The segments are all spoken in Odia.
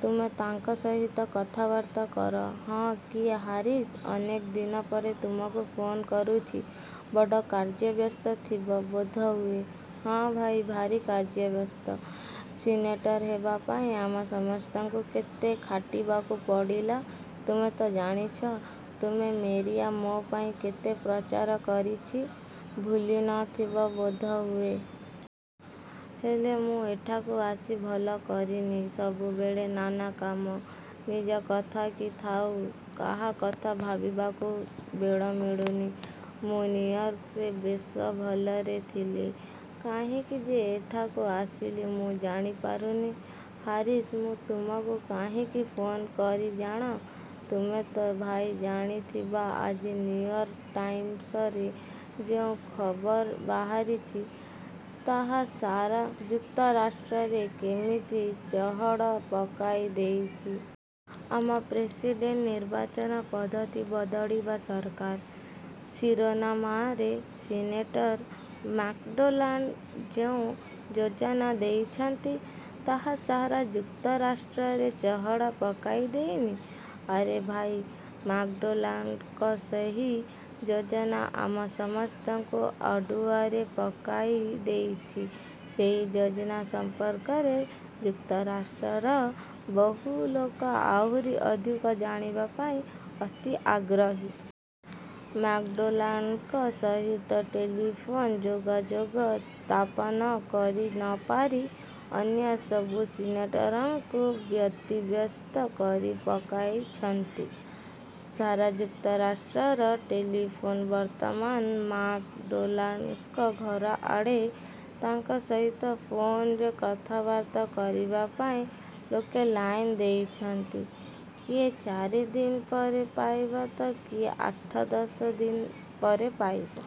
ତୁମେ ତାଙ୍କ ସହିତ କଥାବାର୍ତ୍ତା କର। ହଁ କିଏ ହାରିସ, ଅନେକ ଦିନ ପରେ ତୁମକୁ ଫୋନ୍ କରୁଛି। ବଡ଼ କାର୍ଯ୍ୟବ୍ୟସ୍ତ ଥିବ ବୋଧହୁଏ। ହଁ ଭାଇ, ଭାରି କାର୍ଯ୍ୟବ୍ୟସ୍ତ। ସିନେଟର ହେବାପାଇଁ ଆମ ସମସ୍ତଙ୍କୁ କେତେ ଖାଟିବାକୁ ପଡ଼ିଲା, ତୁମେ ତ ଜାଣିଛ। ତୁମେ, ମେରିଆ ମୋ ପାଇଁ କେତେ ପ୍ରଚାର କରିଛି, ଭୁଲି ନ ଥିବ ବୋଧହୁଏ। ହେଲେ ମୁଁ ଏଠାକୁ ଆସି ଭଲ କରିନି। ସବୁବେଳେ ନାନା କାମ। ନିଜ କଥା କି ଥାଉ କାହା କଥା ଭାବିବାକୁ ବେଳ ମିଳୁନି। ମୁଁ ନିଉୟର୍କରେ ବେଶ ଭଲରେ ଥିଲି। କାହିଁକି ଯେ ଏଠାକୁ ଆସିଲି, ମୁ ଜାଣି ପାରୁନି। ହାରିସ୍, ମୁଁ ତୁମକୁ କାହିଁକି ଫୋନ୍ କରି ଜାଣ' ତୁମେ ତ ଭାଇ ଜାଣି ଥିବ ଆଜିନିଉୟର୍କ ଟାଇମସରେ ଯେଉଁ ଖବର ବାହାରିଛି, ତାହା ସାରା ଯୁକ୍ତରାଷ୍ଟ୍ରରେ କେମିତି ଚହଳ ପକାଇ ଦେଇଛି। ଆମ ପ୍ରେସିଡେଣ୍ଟନିର୍ବାଚନ ପଦ୍ଧତି ବଦଳିବା ସରକାର,' ଶିରୋନାମାରେ ସିନେଟର ମାକଡୋନାଲଡ୍ ଯେଉଁ ଯୋଜନା ଦେଇଛନ୍ତି, ତାହା ସାରା ଯୁକ୍ତରାଷ୍ଟ୍ରରେ ଚହଳ ପକାଇ ଦେଇନି? ଆରେ ଭାଇ, ମାକଡୋନାଲ୍ଡଙ୍କ ସେହି ଯୋଜନା ଆମ ସମସ୍ତଙ୍କୁ ଅଡ଼ୁଆରେ ପକାଇ ଦେଇଛି। ସେଇ ଯୋଜନା ସମ୍ପର୍କରେ ଯୁକ୍ତରାଷ୍ଟ୍ରର ବହୁ ଲୋକ ଆହୁରି ଅଧିକ ଜାଣିବା ପାଇଁ ଅତି ଆଗ୍ରହୀ। ମାକଡୋନାଲ୍ଡଙ୍କ ସହିତ ଟେଲିଫୋନ୍ ଯୋଗାଯୋଗ ସ୍ଥାପନ କରି ନପାରି ଅନ୍ୟ ସବୁ ସିନେଟରଙ୍କୁ ବ୍ୟତିବ୍ୟସ୍ତ କରି ପକାଉଛନ୍ତି। ସାରା ଯୁକ୍ତରାଷ୍ଟ୍ରର ଟେଲିଫୋନ୍ ବର୍ତ୍ତମାନ ମାକ ଡୋନାଲ୍ଡଙ୍କ ଘର ଆଡ଼େ। ତାଙ୍କ ସହିତ ଫୋନରେ କଥାବାର୍ତ୍ତା କରିବା ପାଇଁ ଲୋକେ ଲାଇନ୍ ଦେଇଛନ୍ତି। କିଏ ଚାରିଦିନ ପରେ ପାଇବ ତ କିଏ ଆଠଦଶ ଦିନ ପରେ ପାଇବ।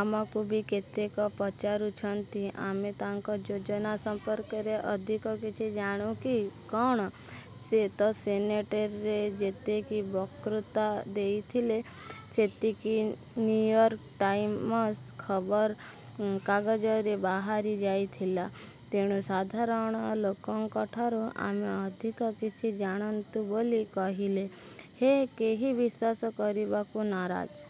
ଆମକୁ ବି କେତେକ ପଚାରୁଛନ୍ତି, ଆମେ ତାଙ୍କ ଯୋଜନା ସମ୍ପର୍କରେ ଅଧିକ କିଛି ଜାଣୁ କି' କ'ଣ? ସେ ତ ସନେଟରେ ଯେତିକି ବକୃତା ଦେଇଥିଲେ ସେତିକି ନିଉୟର୍କ ଟାଇମସ୍ ଖବର କାଗଜରେ ବାହାରି ଯାଇଥିଲା। ତେଣୁ ସାଧାରଣ ଲୋକଙ୍କଠାରୁ ଆମେ ଅଧିକ କିଛି ଜାଣୁନ୍ତୁ ବୋଲି କହିଲେ ହେ କେହି ବିଶ୍ୱାସ କରିବାକୁ ନାରାଜ।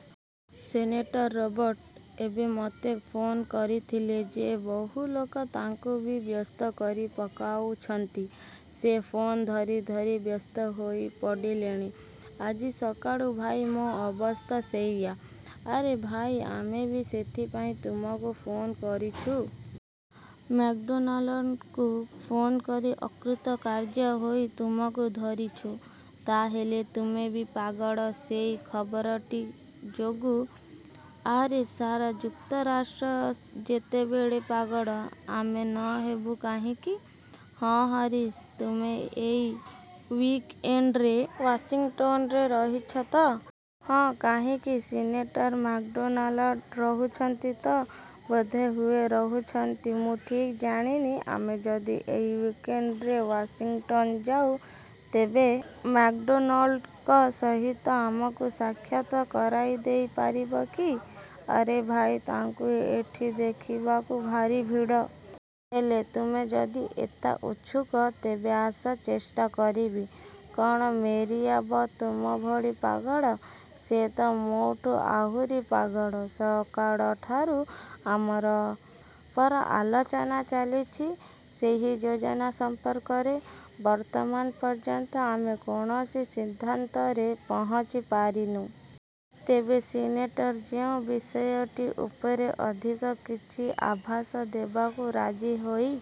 ସନେଟର୍ ରବର୍ଟ ଏବେ ମୋତେ ଫୋନ୍ କରିଥିଲେ ଯେ ବହୁ ଲୋକ ତାଙ୍କୁ ବି ବ୍ୟସ୍ତ କରି ପକାଉଛନ୍ତି। ସେ ଫୋନ୍ ଧରି ଧରି ବ୍ୟସ୍ତ ହୋଇ ପଡ଼ିଲେଣି। ଆଜି ସକାଳୁ ଭାଇ ମୋ ଅବସ୍ଥା ସେଇଆ। ' 'ଆରେ ଭାଇ, ଆମେ ବି ସେଥିପାଇଁ ତୁମକୁ ଫୋନ୍ କରିଛୁ। ମାକ୍ଡୋନାଲଡଙ୍କୁ ଫୋନ୍ କରି ଅକୃତକାର୍ଯ୍ୟ ହୋଇ ତୁମକୁ ଧରିଛୁ। ତା ହେଲେ ତୁମେ ବି ପାଗଳ ସେଇ ଖବରଟି ଯୋଗୁଁ। ଆରେ, ସାରା ଯୁକ୍ତରାଷ୍ଟ୍ର ଯେତେବେଳେ ପାଗଳ, ଆମେ ନ ହେବୁ କାହିଁକି? ହଁ, ହାରିସ୍, ତୁମେ ଏଇ ଉଇକ୍ ଏଣ୍ଡରେ ୱାସିଙ୍ଗଟନ୍ରେ ରହୁଛ ତ? ହଁ, କାହିଁକି? ସିନେଟର୍ ମାକଡୋନାଲଡ୍ ରହୁଛନ୍ତି ତ? ବୋଧେ ହୁଏ, ରହୁଛନ୍ତି, ମୁଁ ଠିକ୍ ଜାଣିନି। ଆମେ ଯଦି ଏଇ ଉଇକଏଣ୍ଡରେ ୱାସିଙ୍ଗଟନ୍ ଯାଉଁ ତେବେ ମାକଡୋନଲ୍ଡଙ୍କ ସହିତ ଆମକୁ ସାକ୍ଷାତ କରାଇ ଦେଇ ପାରିବ କି? 'ଆରେ ଭାଇ, ତାଙ୍କୁ ଏଠି ଦେଖିବାକୁ ଭାରି ଭିଡ଼। ହେଲେ ତୁମେ ଯଦି ଏତା ଇଛୁକ, ତେବେ ଆସ, ଚେଷ୍ଟା କରିବି। କ'ଣ ମେରିଆ ବ ତୁମ ଭଳି ପାଗଳ? ସେ ତ ମୋଠୁ ଆହୁରି ପାଗଳ। ସକାଳଠାରୁ ଆମର ପରା ଆଲୋଚନା ଚାଲିଛି, ସେହି ଯୋଜନା ସମ୍ପର୍କରେ। ବର୍ତ୍ତମାନ ପର୍ଯ୍ୟନ୍ତ ଆମେ କୌଣସି ସିଦ୍ଧାନ୍ତରେ ପହଞ୍ଚି ପାରିନୁ। ତେବେ ସିନେଟର ଯେଉଁ ବିଷୟଟି ଉପରେ ଅଧିକ କିଛି ଆଭାଷ ଦେବାକୁ ରାଜି ହୋଇ